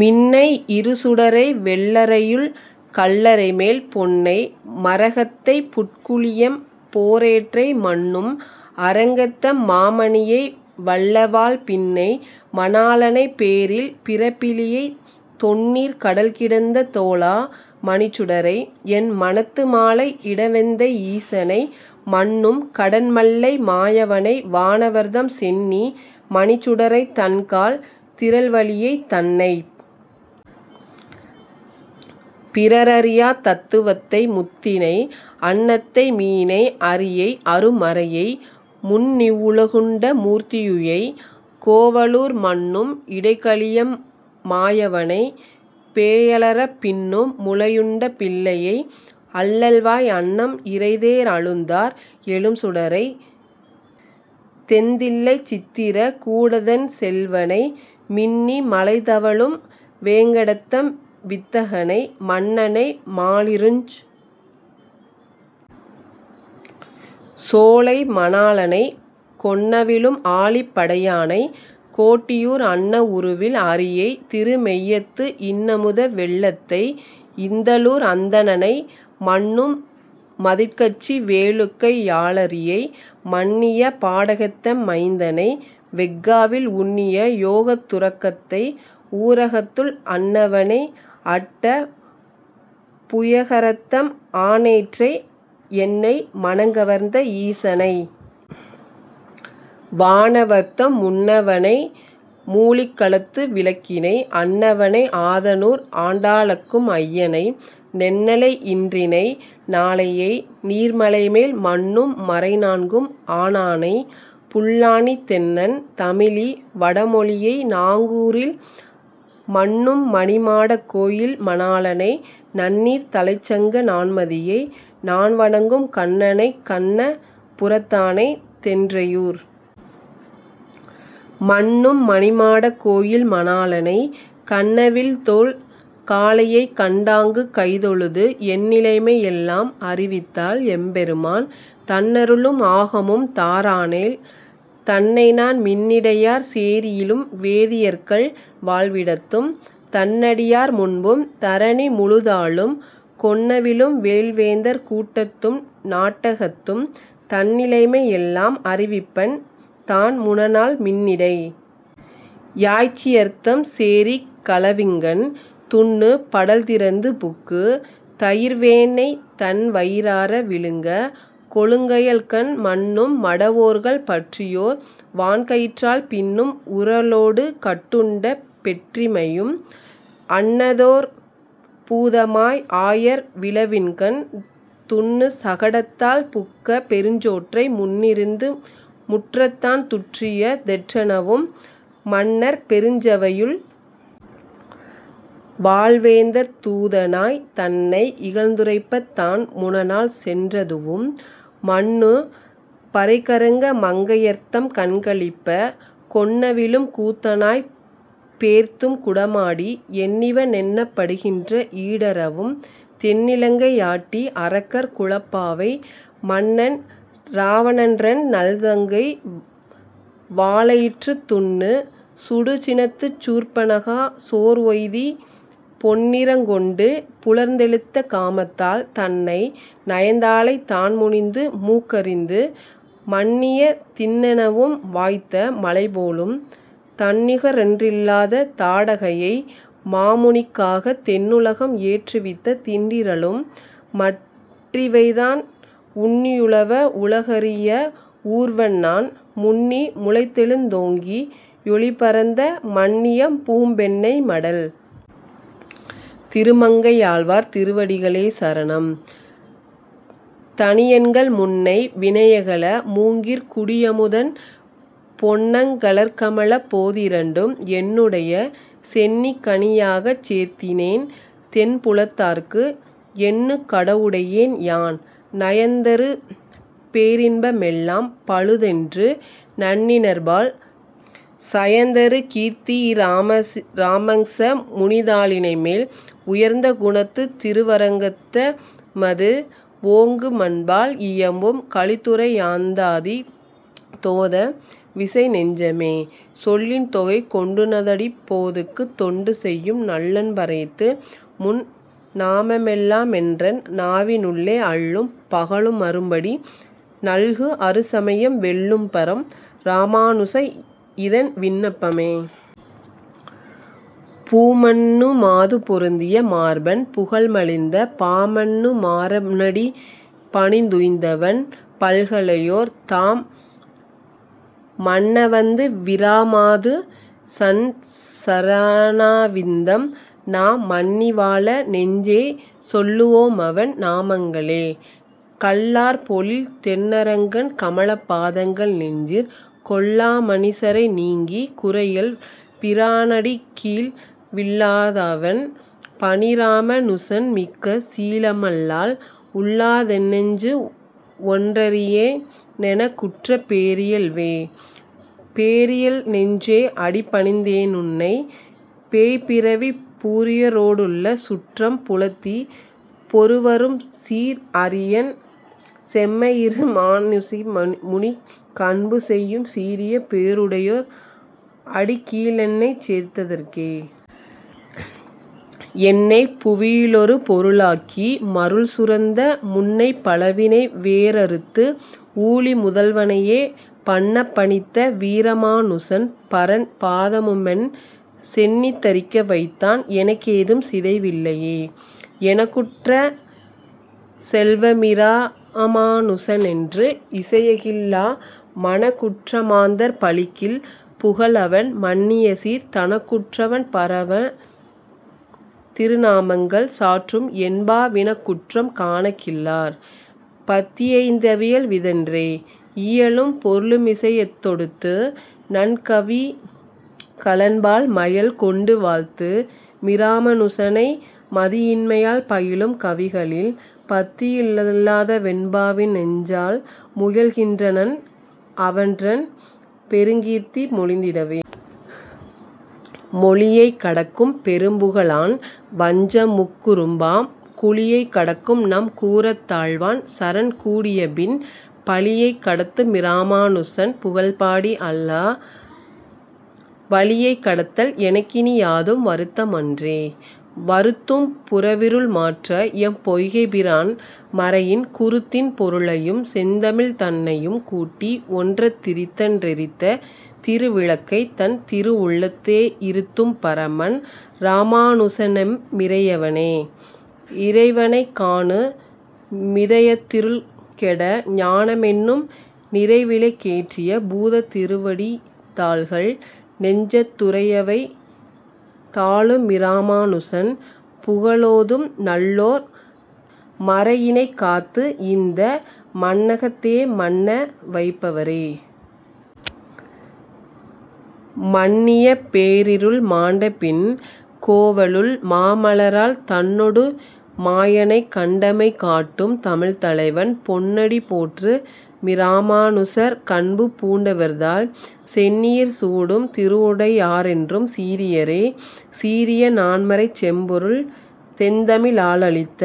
மின்னை இருசுடரை வெள்ளறையுள் கல்லறைமேல் பொன்னை, மரகத்தைப் புட்குழியெம் போரேற்றை, மன்னும் அரங்கத்தெம் மாமணியை, வல்லவாழ் பின்னை மணாளனை பேரில் பிறப்பிலியை, தொன்னீர்க் கடல்கிடந்த தோளா மணிச்சுடரை, என்மனத்து மாலை இடவெந்தை ஈசனை, மன்னும் கடன்மல்லை மாயவனை, வானவர்தம் சென்னி மணிச்சுடரைத் தண்கால் திறல்வலியை, தன்னைப் பிறரறியாத் தத்துவத்தை முத்தினை, அன்னத்தை மீனை அரியை அருமறையை, முன்னிவ் வுலகுண்ட மூர்த்தியுயை, கோவலூர் மன்னும் இடைகழியெம் மாயவனை, பேயலறப், பின்னும் முலையுண்ட பிள்ளையை, அள்ளல்வாய் அன்னம் இரைதேர் அழுந்தூர் எழும்சுடரை, தெந்தில்லைச் சித்திர கூடத்தென் செல்வனை, மின்னி மழைதவழும் வேங்கடத்தெம் வித்தகனை, மன்னனை மாலிருஞ் சோலை மணாளனை, கொன்னவிலும் ஆழிப் படையானை, கோட்டியூர் அன்ன வுருவில் அரியை, திருமெய்யத்து இன்னமுத வெள்ளத்தை இந்தளூர் அந்தணனை, மன்னும் மதிட்கச்சி வேளுக்கை யாளரியை, மன்னிய பாடகத்தெம் மைந்தனை, வெஃகாவில், உன்னிய யோகத் துறக்கத்தை, ஊரகத்துள் அன்னவனை அட்ட புயகரத்தெம் ஆனேற்றை, என்னை மனங்கவர்ந்த ஈசனை, வானவர்த்தம் முன்னவனை மூழிக் களத்து விளக்கினை, அன்னவனை ஆதனூர் ஆண்டாளக்கும் ஐயனை, நென்னலை யின்றினை நாளையை, நீர்மலைமேல் மன்னும் மறைநான்கும் ஆனானை, புல்லாணித் தென்னன் தமிழி வடமொழியை, நாங்கூரில் மன்னும் மணிமாடக் கோயில் மணாளனை, நன்னீர்த் தலைச்சங்க நான்மதியை, நான்வணங்கும் கண்ணனைக் கண்ண புரத்தானை, தென்றையூர் மன்னும் மணிமாடக் கோயில் மணாளனை, கன்னவில்தோள் காளையைக் கண்டாங்குக் கைதொழுது என்னிலைமை யெல்லாம் அறிவித்தால் எம்பெருமான், தன்னருளும் ஆகமும் தாரானேல், தன்னைநான் மின்னிடையார் சேரியிலும் வேதியர்க்கள் வாழ்விடத்தும், தன்னடியார் முன்பும் தரணி முழுதாளும், கொன்னவிலும் வேல்வேந்தர் கூட்டத்தும் நாட்டகத்தும் தன்னிலைமை யெல்லாம் அறிவிப்பன், தான்முனநாள் மின்னிடை யாய்ச்சியர்த்தம் சேரிக் களவிங்கண், துன்னு படல்திறந்து புக்கு, தயிர்வேண்ணெய் தன்வயி றார விழுங்க, கொழுங்கயல்கண் மன்னும் மடவோர்கள் பற்றியோர் வான்கயிற்றால் பின்னும் உரலோடு கட்டுண்ட பெற்றிமையும், அன்னதோர் பூதமாய் ஆயர் விழவின்கண் துன்னு சகடத்தால் புக்க பெருஞ்சோற்றை, முன்னிருந்து முற்றத்தான் துற்றிய தெற்றெனவும் மன்னர் பெருஞ்சவையுள் வாழ்வேந்தர் தூதனாய், தன்னை யிகழ்ந்துரைப்பத் தான்முனநாள் சென்றதுவும், மன்னு பறைகறங்க மங்கையர்த்தம் கண்களிப்ப, கொன்னவிலும் கூத்தனாய்ப் பேர்த்தும் குடமாடி, என்னிவ னென்னப் படுகின்ற ஈடறவும், தென்னிலங்கை யாட்டி அரக்கர் குலப்பாவை, மன்னன் இராவணன்றன் நல்தங்கை, வாளெயிற்றுத் துன்னு சுடுசினத்துச் சூர்ப்பணகா சோர்வெய்தி, பொன்னிறங் கொண்டு புலர்ந்தெழுந்த காமத்தால், தன்னை நயந்தாளைத் தான்முனிந்து மூக்கரிந்து, மன்னிய திண்ணெனவும்-வாய்த்த மலைபோலும், தன்னிகரொன் றில்லாத தாடகையை, மாமுனிக்காகத் தென்னுலகம் ஏற்றுவித்த திண்டிறலும்-மற்றிவைதான் உன்னி யுலவா வுலகறிய வூர்வன்நான், முன்னி முளைத்தெழுந் தோங்கி யொளிபரந்த, மன்னியம்பூம் பெண்ணை மடல். திருமங்கையாழ்வார் திருவடிகளே சரணம். தனியன்கள் முன்னை வினையகல மூங்கிற்குடியமுதன் பொன்னங்கழற்கமலப் போதிரண்டும் என்னுடைய சென்னிக்கணியாகச் சேர்த்தினேன் தென்புலத்தார்க்கு என்னுக்கடவுடையேன் யான். நயந்தரு பேரின்பமெல்லாம் பழுதென்று நண்ணினர்பால் சயந்தருகீர்த்தி யிராமாங்சமுனிதாளிணைமேல் உயர்ந்தகுணத்துத்திருவரங்கத்தமுது ஓங்குமன்பால் இயம்பும் கலித்துறையந்தாதியோத விசைநெஞ்சமே. சொல்லின் தொகை கொண்டுனதடிப் போதுக்குத் தொண்டு செய்யும் நல்லன்பரேத்து முன் நாமமெல்லாமென்றன் நாவினுள்ளே அல்லும் பகலும்மரும்படி நல்கு அறுசமயம் வெல்லும்பரம் இராமாநுச இதென் விண்ணப்பமே. பூமன்னுமாது பொருந்திய மார்பன் புகழ்மலிந்த பாமன்னுமாற னடிபணிந்துய்ந்தவன் பல்கலையோர் தாம்மன்னவந்தவிராமாது சன் சரணாரவிந்தம் நாம்மன்னிவாழ நெஞ்சே சொல்லுவோமவன் நாமங்களே. கள்ளார் பொழில் தென்னரங்கன் கமலப்பதங்கள் நெஞ்சிற் கொள்ளாமனிசரைநீங்கி குறையல்பிரானடிக்கீழ் விள்ளாதவன் பனிராமாநுசன்மிக்க சீலமல்லால் உள்ளாதென்னெஞ்சு ஒன்றறியேனெனக்குற்றபேரியல்வே.. பேரியல்நெஞ்சே அடிபணிந்தேனுன்னை பேய்ப்பிறவிப் பூரியரோடுள்ள சுற்றம் புலத்தி பொருவரும்சீர் அரியன் செம்மையிராமாநுசமுனிக் கன்பு செய்யும் சீரிய பேறுடையார் அடிக்கீழென்னைச் சேர்த்ததற்கே.. என்னைப்புவியிலொருபொருளாக்கி மருள்சுரந்த முன்னைப்பழவினை வேரறுத்து ஊழிமுதல்வனையே பன்னப்பணித்தவிராமாநுசன் பரன் பாதமுமென் சென்னித்தரிக்க வைத்தான் எனக்கேதும் சிதைவில்லையே.. எனக்குற்ற செல்வமிராமாநுசனென்று இசையகில்லா மனக்குற்றமாந்தர் பழிக்கில் புகழ் அவன் மன்னியசீர் தனக்குற்றவன் பரவன் திருநாமங்கள் சாற்றும் என்பா வினக்குற்றம் காணகில்லார் பத்தியேய்ந்தவியல் விதென்றே.. இயலும் பொருளுமிசையத்தொடுத்து நன்கவிகளன்பால் மயல் கொண்டு வாழ்த்து மிராமாநுசனை மதியின்மையால் பயிலும் கவிகளில் பத்தியில்லாதவென்பாவிநெஞ்சால் முயல்கின்றனன் அவன்றன் பெருங்கீர்த்திமொழிந்திடவே.. மொழியைக் கடக்கும் பெரும்புகழான் வஞ்சமுக்குறும்பாம் குழியைக் கடக்கும் நம் கூரத்தாழ்வான் சரண் கூடியபின் பழியைக் கடத்துமிராமாநுசன் புகழ்பாடி அல்லா வழியைக் கடத்தல் எனக்கினியாதும் வருத்தமன்றே.. வருத்தும் புறவிருள்மாற்ற எம்பொய்கைப்பிரான்மறையின் குருத்தின் பொருளையும் செந்தமிழ்தன்னையும் கூட்டி ஒன்றத் திரித்தன்றெரித்த திருவிளக்கைத் தன் திருவுள்ளத்தே யிருத்தும்பரமன் இராமாநுசனெம்மிறையவனே.. இறைவனைக்காணு மிதயத்திருள்கெட ஞானமென்னும் நிறைவிளக்கேற்றிய பூதத்திருவடிதாள்கள் நெஞ்சத் துறையவைத்தாளுமிராமாநுசன்புகழோதும் நல்லோர் மறையினைக்காத்து இந்த மண்ணகத்தேமன்னவைப்பவரே.. மன்னிய பேரிருள்மாண்ட பின் கோவலுள் மாமலராள் தன்னொடுமாயனைக் கண்டமைகாட்டும் தமிழ்த்தலைவன் பொன்னடி போற்று மிராமாநுசற்கன்புபூண்டவர்தாள் சென்னியிற் சூடும் திருவுடையாரென்றும் சீரியரே.. சீரிய நான்மறைச் செம்பொருள் செந்தமிழாலளித்த।